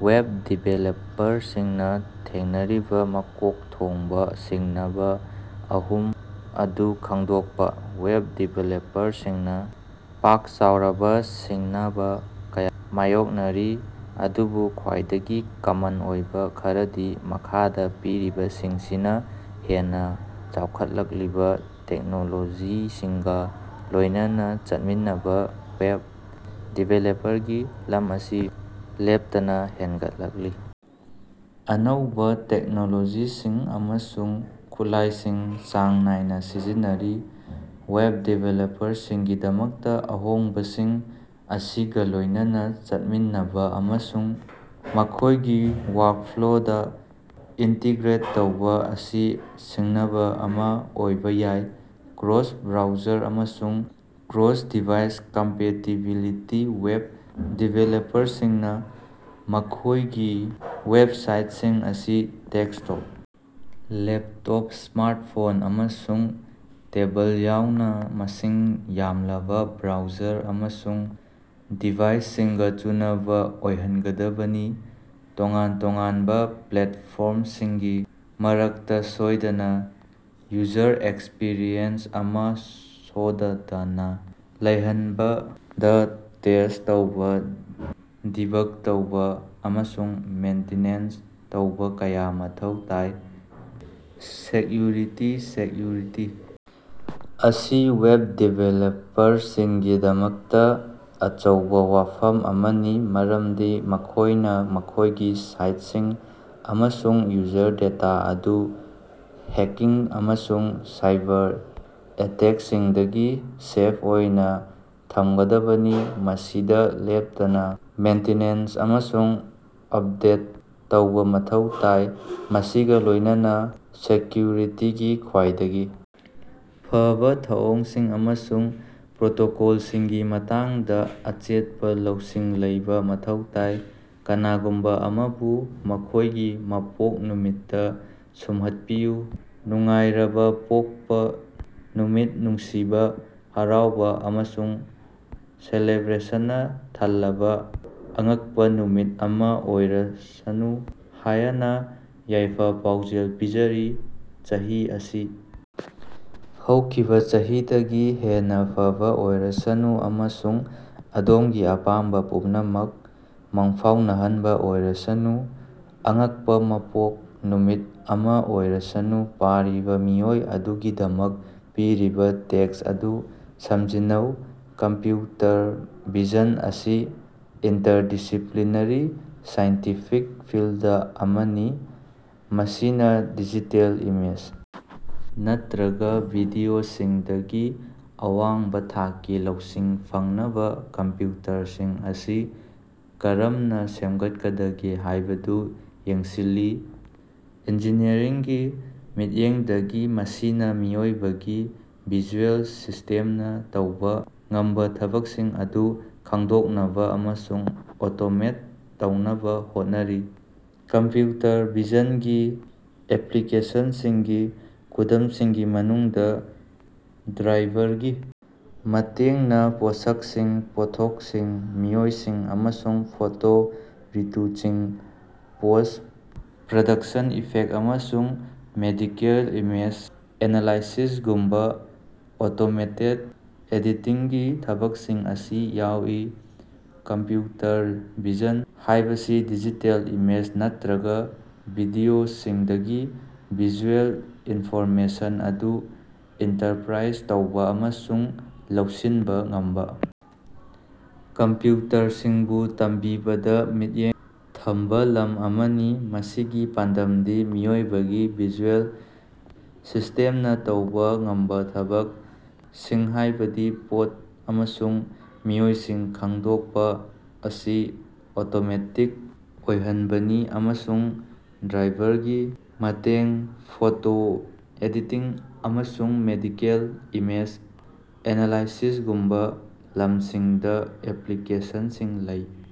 Web ꯗꯤꯚꯦꯂꯞꯄꯔꯁꯤꯡꯅꯥ ꯊꯦꯡꯅꯔꯤꯕꯥ ꯃꯀꯣꯛ ꯊꯣꯡꯕꯥ ꯁꯤꯡꯅꯕꯥ ꯑꯍꯨꯝ ꯑꯗꯨ ꯈꯪꯗꯣꯛꯄꯥ꯫ ꯋꯦꯕ ꯗꯤꯚꯦꯂꯞꯄꯔꯁꯤꯡꯅꯥ ꯄꯥꯛ-ꯆꯥꯎꯔꯕꯥ ꯁꯤꯡꯅꯕꯥ ꯀꯌꯥ ꯃꯥꯌꯣꯛꯅꯔꯤ, ꯑꯗꯨꯕꯨ ꯈ꯭ꯋꯥꯏꯗꯒꯤ ꯀꯃꯟ ꯑꯣꯏꯕꯥ ꯈꯔꯗꯤ ꯃꯈꯥꯗꯥ ꯄꯤꯔꯤꯕꯁꯤꯡꯁꯤꯅꯤ: ꯍꯦꯟꯅꯥ ꯆꯥꯎꯈꯠꯂꯛꯂꯤꯕꯥ ꯇꯦꯛꯅꯣꯂꯣꯖꯤꯁꯤꯡꯒꯥ ꯂꯣꯢꯅꯅꯥ ꯆꯠꯃꯤꯟꯅꯕꯥ: ꯋꯦꯕ ꯗꯤꯚꯦꯂꯞꯄꯔꯒꯤ ꯂꯝ ꯑꯁꯤ ꯂꯦꯞꯇꯅꯥ ꯍꯦꯟꯒꯠꯂꯛꯂꯤ ꯑꯅꯧꯕꯥ ꯇꯦꯛꯅꯣꯂꯣꯖꯤꯁꯤꯡ ꯑꯃꯁꯨꯡ ꯈꯨꯠꯂꯥꯢꯁꯤꯡ ꯆꯥꯡ ꯅꯥꯏꯅꯥ ꯁꯤꯖꯤꯟꯅꯔꯤ꯫ ꯋꯦꯕ ꯗꯤꯕꯦꯂꯞꯄꯔꯁꯤꯡꯒꯤꯗꯃꯛꯇꯥ ꯑꯍꯣꯡꯕꯁꯤꯡ ꯑꯁꯤꯒꯥ ꯂꯣꯢꯅꯅꯥ ꯆꯠꯃꯤꯟꯅꯕꯥ ꯑꯃꯁꯨꯡ ꯃꯈꯣꯢꯒꯤ ꯋꯥꯔꯀꯐ꯭ꯂꯣꯗꯥ ꯏꯟꯇꯤꯒ꯭ꯔꯦꯠ ꯇꯧꯕꯥ ꯑꯁꯤ ꯁꯤꯡꯅꯕꯥ ꯑꯃꯥ ꯑꯣꯏꯕꯥ ꯌꯥꯏ꯫ ꯀ꯭ꯔꯣꯁ-ꯕ꯭ꯔꯥꯎꯖꯔ ꯑꯃꯁꯨꯡ ꯀ꯭ꯔꯣꯁ-ꯗꯤꯚꯥꯏꯁ ꯀꯝꯄꯦꯇꯤꯕꯤꯂꯤꯇꯤ: ꯋꯦꯕ ꯗꯤꯚꯦꯂꯞꯄꯔꯁꯤꯡꯅꯥ ꯃꯈꯣꯢꯒꯤ ꯋꯦꯕꯁꯥꯏꯇꯁꯤꯡ ꯑꯁꯤ ꯗꯦꯛꯁꯇꯣꯞ, ꯂꯦꯞꯇꯣꯞ, ꯁ꯭ꯃꯥꯔꯇꯐꯣꯟ ꯑꯃꯁꯨꯡ ꯇꯦꯕꯜ ꯌꯥꯎꯅꯥ ꯃꯁꯤꯡ ꯌꯥꯝꯂꯕꯥ ꯕ꯭ꯔꯥꯎꯖꯔ ꯑꯃꯁꯨꯡ ꯗꯤꯚꯥꯏꯁꯁꯤꯡꯒꯥ ꯆꯨꯅꯕꯥ ꯑꯣꯏꯍꯟꯒꯗꯕꯅꯤ꯫ ꯇꯣꯉꯥꯟ-ꯇꯣꯉꯥꯟꯕꯥ ꯄ꯭ꯂꯦꯇꯐꯣꯔꯝꯁꯤꯡꯒꯤ ꯃꯔꯛꯇꯥ ꯁꯣꯢꯗꯅꯥ ꯌꯨꯖꯔ ꯑꯦꯛꯁꯄꯤꯔꯤꯑꯦꯟꯁ ꯑꯃꯥ ꯁꯣꯗꯗꯅꯥ ꯂꯩꯍꯟꯕꯗꯥ ꯇꯦꯁ꯭ꯠ ꯇꯧꯕꯥ ꯗꯤꯕꯒ ꯇꯧꯕꯥ ꯑꯃꯁꯨꯡ ꯃꯦꯟꯇꯤꯅꯦꯟꯁ ꯇꯧꯕꯥ ꯀꯌꯥ ꯃꯊꯧ ꯇꯥꯏ꯫ ꯁꯦꯛꯌꯨꯔꯤꯇꯤ: ꯁꯦꯛꯌꯨꯔꯤꯇꯤ ꯑꯁꯤ ꯋꯦꯕ ꯗꯤꯚꯦꯂꯄꯔꯁꯤꯡꯒꯤꯗꯃꯛꯇꯥ ꯑꯆꯧꯕꯥ ꯋꯥꯐꯝ ꯑꯃꯅꯤ ꯃꯔꯝꯗꯤ ꯃꯈꯣꯢꯅꯥ ꯃꯈꯣꯢꯒꯤ ꯁꯥꯏꯠꯁꯤꯡ ꯑꯃꯁꯨꯡ ꯌꯨꯖꯔ ꯗꯦꯇꯥ ꯑꯗꯨ ꯍꯦꯛꯀꯤꯡ ꯑꯃꯁꯨꯡ ꯁꯥꯏꯕꯔ ꯑꯦꯇꯦꯛꯁꯤꯡꯗꯒꯤ ꯁꯦꯐ ꯑꯣꯏꯅꯥ ꯊꯃꯒꯗꯕꯅꯤ꯫ ꯃꯁꯤꯗꯥ ꯂꯦꯞꯇꯅꯥ ꯃꯦꯟꯇꯤꯅꯦꯟꯁ ꯑꯃꯁꯨꯡ ꯎꯞꯗꯦꯠ ꯇꯧꯕꯥ ꯃꯊꯧ ꯇꯥꯏ ꯃꯁꯤꯒꯥ ꯂꯣꯢꯅꯅꯥ ꯁꯦꯛꯀ꯭ꯌꯨꯔꯤꯇꯤꯒꯤ ꯈ꯭ꯋꯥꯏꯗꯒꯤ ꯐꯕꯥ ꯊꯧꯑꯣꯡꯁꯤꯡ ꯑꯃꯁꯨꯡ ꯄ꯭ꯔꯣꯇꯣꯀꯣꯜꯁꯤꯡꯒꯤ ꯃꯇꯥꯡꯗꯥ ꯑꯆꯦꯠꯄꯥ ꯂꯧꯁꯤꯡ ꯂꯩꯕꯥ ꯃꯊꯧ ꯇꯥꯏ꯫ ꯀꯅꯥꯒꯨꯝꯕꯥ ꯑꯃꯕꯨ ꯃꯈꯣꯢꯒꯤ ꯃꯄꯣꯛ ꯅꯨꯃꯤꯠꯇꯥ ꯁꯨꯝꯍꯠꯄꯤꯌꯨ꯫ ꯅꯨꯡꯉꯥꯏꯔꯕ ꯄꯣꯛꯄ ꯅꯨꯃꯤꯠ ꯅꯨꯡꯁꯤꯕꯥ, ꯍꯔꯥꯎꯕꯥ ꯑꯃꯁꯨꯡ ꯁꯦꯂꯦꯕ꯭ꯔꯦꯁꯟꯅꯥ ꯊꯜꯂꯕꯥ ꯑꯉꯛꯄꯥ ꯅꯨꯃꯤꯠ ꯑꯃꯥ ꯑꯣꯏꯔꯁꯅꯨ ꯍꯥꯌꯅꯥ ꯌꯥꯏꯐ-ꯄꯥꯎꯖꯦꯜ ꯄꯤꯖꯔꯤ꯫ ꯆꯍꯤ ꯑꯁꯤ ꯍꯧꯈꯤꯕꯥ ꯆꯍꯤꯗꯒꯤ ꯍꯦꯟꯅꯥ ꯐꯕꯥ ꯑꯣꯏꯔꯁꯅꯨ ꯑꯃꯁꯨꯡ ꯑꯗꯣꯝꯒꯤ ꯑꯄꯥꯝꯕꯥ ꯄꯨꯝꯅꯃꯛ ꯃꯪꯐꯥꯎꯅꯍꯟꯕꯥ ꯑꯣꯏꯔꯁꯅꯨ꯫ ꯑꯉꯛꯄꯥ ꯃꯄꯣꯛ ꯅꯨꯃꯤꯠ ꯑꯃꯥ ꯑꯣꯏꯔꯁꯅꯨ ꯄꯥꯔꯤꯕꯥ ꯃꯤꯑꯣꯏ ꯑꯗꯨꯒꯤꯗꯃꯛ ꯄꯤꯔꯤꯕꯥ ꯇꯦꯛꯁ ꯑꯗꯨ ꯁꯝꯖꯤꯟꯅꯧ꯫ ꯀꯝꯄ꯭ꯌꯨꯇꯔ ꯚꯤꯖꯟ ꯑꯁꯤ ꯏꯟꯇꯔꯗꯤꯁꯤꯄ꯭ꯂꯤꯅꯔꯤ ꯁꯥꯏꯟꯇꯤꯐꯤꯛ ꯐꯤꯜꯗ ꯑꯃꯅꯤ ꯃꯁꯤꯅꯥ ꯗꯤꯖꯤꯇꯦꯜ ꯏꯃꯦꯖ ꯅꯠꯇ꯭ꯔꯒꯥ ꯚꯤꯗꯤꯑꯣꯁꯤꯡꯗꯒꯤ ꯑꯋꯥꯡꯕꯥ ꯊꯥꯛꯀꯤ ꯂꯧꯁꯤꯡ ꯐꯪꯅꯕꯥ ꯀꯝꯄ꯭ꯌꯨꯇꯔꯁꯤꯡ ꯑꯁꯤ ꯀꯔꯝꯅꯥ ꯁꯦꯝꯒꯠꯀꯗꯒꯦ ꯍꯥꯢꯕꯗꯨ ꯌꯦꯡꯁꯤꯜꯂꯤ꯫ ꯏꯟꯖꯤꯅꯤꯌꯔꯤꯡꯒꯤ ꯃꯤꯠꯌꯦꯡꯗꯒꯤ ꯃꯁꯤꯅꯥ ꯃꯤꯑꯣꯏꯕꯒꯤ ꯚꯤꯖꯨꯑꯦꯜ ꯁꯤꯁꯇꯦꯝꯅꯥ ꯇꯧꯕꯥ ꯉꯝꯕꯥ ꯊꯕꯛꯁꯤꯡ ꯑꯗꯨ ꯈꯪꯗꯣꯛꯅꯕꯥ ꯑꯃꯁꯨꯡ ꯑꯣꯇꯣꯃꯦꯠ ꯇꯧꯅꯕꯥ ꯍꯣꯠꯅꯔꯤ꯫ ꯀꯝꯄ꯭ꯌꯨꯇꯔ ꯚꯤꯖꯟꯒꯤ ꯑꯦꯄ꯭ꯂꯤꯀꯦꯁꯅꯁꯤꯡꯒꯤ ꯈꯨꯗꯝꯁꯤꯡꯒꯤ ꯃꯅꯨꯡꯗꯥ ꯗ꯭ꯔꯥꯏꯚꯔꯒꯤ ꯃꯇꯦꯡꯅꯥ ꯄꯣꯠꯁꯛꯁꯤꯡ, ꯄꯣꯠꯊꯣꯛꯁꯤꯡ, ꯃꯤꯑꯣꯏꯁꯤꯡ ꯑꯃꯁꯨꯡ ꯐꯣꯇꯣ ꯔꯤꯇꯨꯆꯤꯡ, ꯄꯣꯁ꯭ꯠ-ꯄ꯭ꯔꯗꯛꯁꯟ ꯏꯐꯦꯛꯇ ꯑꯃꯁꯨꯡ ꯃꯦꯗꯤꯀꯦꯜ ꯏꯃꯦꯖ ꯑꯦꯅꯥꯂꯥꯏꯁꯤꯁꯒꯨꯝꯕꯥ ꯑꯣꯇꯣꯃꯦꯇꯦꯗ ꯑꯦꯗꯤꯇꯤꯡꯒꯤ ꯊꯕꯛꯁꯤꯡ ꯑꯁꯤ ꯌꯥꯎꯏ꯫ ꯀꯝꯄ꯭ꯌꯨꯇꯔ ꯚꯤꯖꯟ ꯍꯥꯢꯕꯁꯤ ꯗꯤꯖꯤꯇꯦꯜ ꯏꯃꯦꯖ ꯅꯠꯇ꯭ꯔꯒꯥ ꯚꯤꯗꯤꯑꯣꯁꯤꯡꯗꯒꯤ ꯚꯤꯖꯨꯑꯦꯜ ꯏꯟꯐꯣꯔꯃꯦꯁꯟ ꯑꯗꯨ ꯏꯟꯇꯔꯄ꯭ꯔꯥꯏꯖ ꯇꯧꯕꯥ ꯑꯃꯁꯨꯡ ꯂꯧꯁꯤꯟꯕꯥ ꯉꯝꯕꯥ ꯀꯝꯄ꯭ꯌꯨꯇꯔꯁꯤꯡꯕꯨ ꯇꯝꯕꯤꯕꯗꯥ ꯃꯤꯠꯌꯦꯡ ꯊꯝꯕꯥ ꯂꯝ ꯑꯃꯅꯤ꯫ ꯃꯁꯤꯒꯤ ꯄꯥꯟꯗꯝꯗꯤ ꯃꯤꯑꯣꯏꯕꯒꯤ ꯚꯤꯖꯨꯑꯦꯜ ꯁꯤꯁ꯭ꯇꯦꯃꯅꯥ ꯇꯧꯕꯥ ꯉꯝꯕꯥ ꯊꯕꯛ꯫ꯁꯤꯡꯍꯥꯢꯕꯗꯤ ꯄꯣꯠ ꯑꯃꯁꯨꯡ ꯃꯤꯑꯣꯏꯁꯤꯡ ꯈꯪꯗꯣꯛꯄꯥ ꯑꯁꯤ ꯑꯣꯇꯣꯃꯦꯇꯤꯛ ꯑꯣꯏꯍꯟꯕꯅꯤ ꯑꯃꯁꯨꯡ ꯗ꯭ꯔꯥꯏꯚꯔꯒꯤ ꯃꯇꯦꯡ, ꯐꯣꯇꯣ ꯑꯦꯗꯤꯇꯤꯡ, ꯑꯃꯁꯨꯡ ꯃꯦꯗꯤꯀꯦꯜ ꯏꯃꯦꯖ ꯑꯦꯅꯥꯂꯥꯏꯁꯤꯁꯒꯨꯝꯕꯥ ꯂꯝꯁꯤꯡꯗꯥ ꯑꯦꯄ꯭ꯂꯤꯀꯦꯁꯟꯁꯤꯡ ꯂꯩ꯫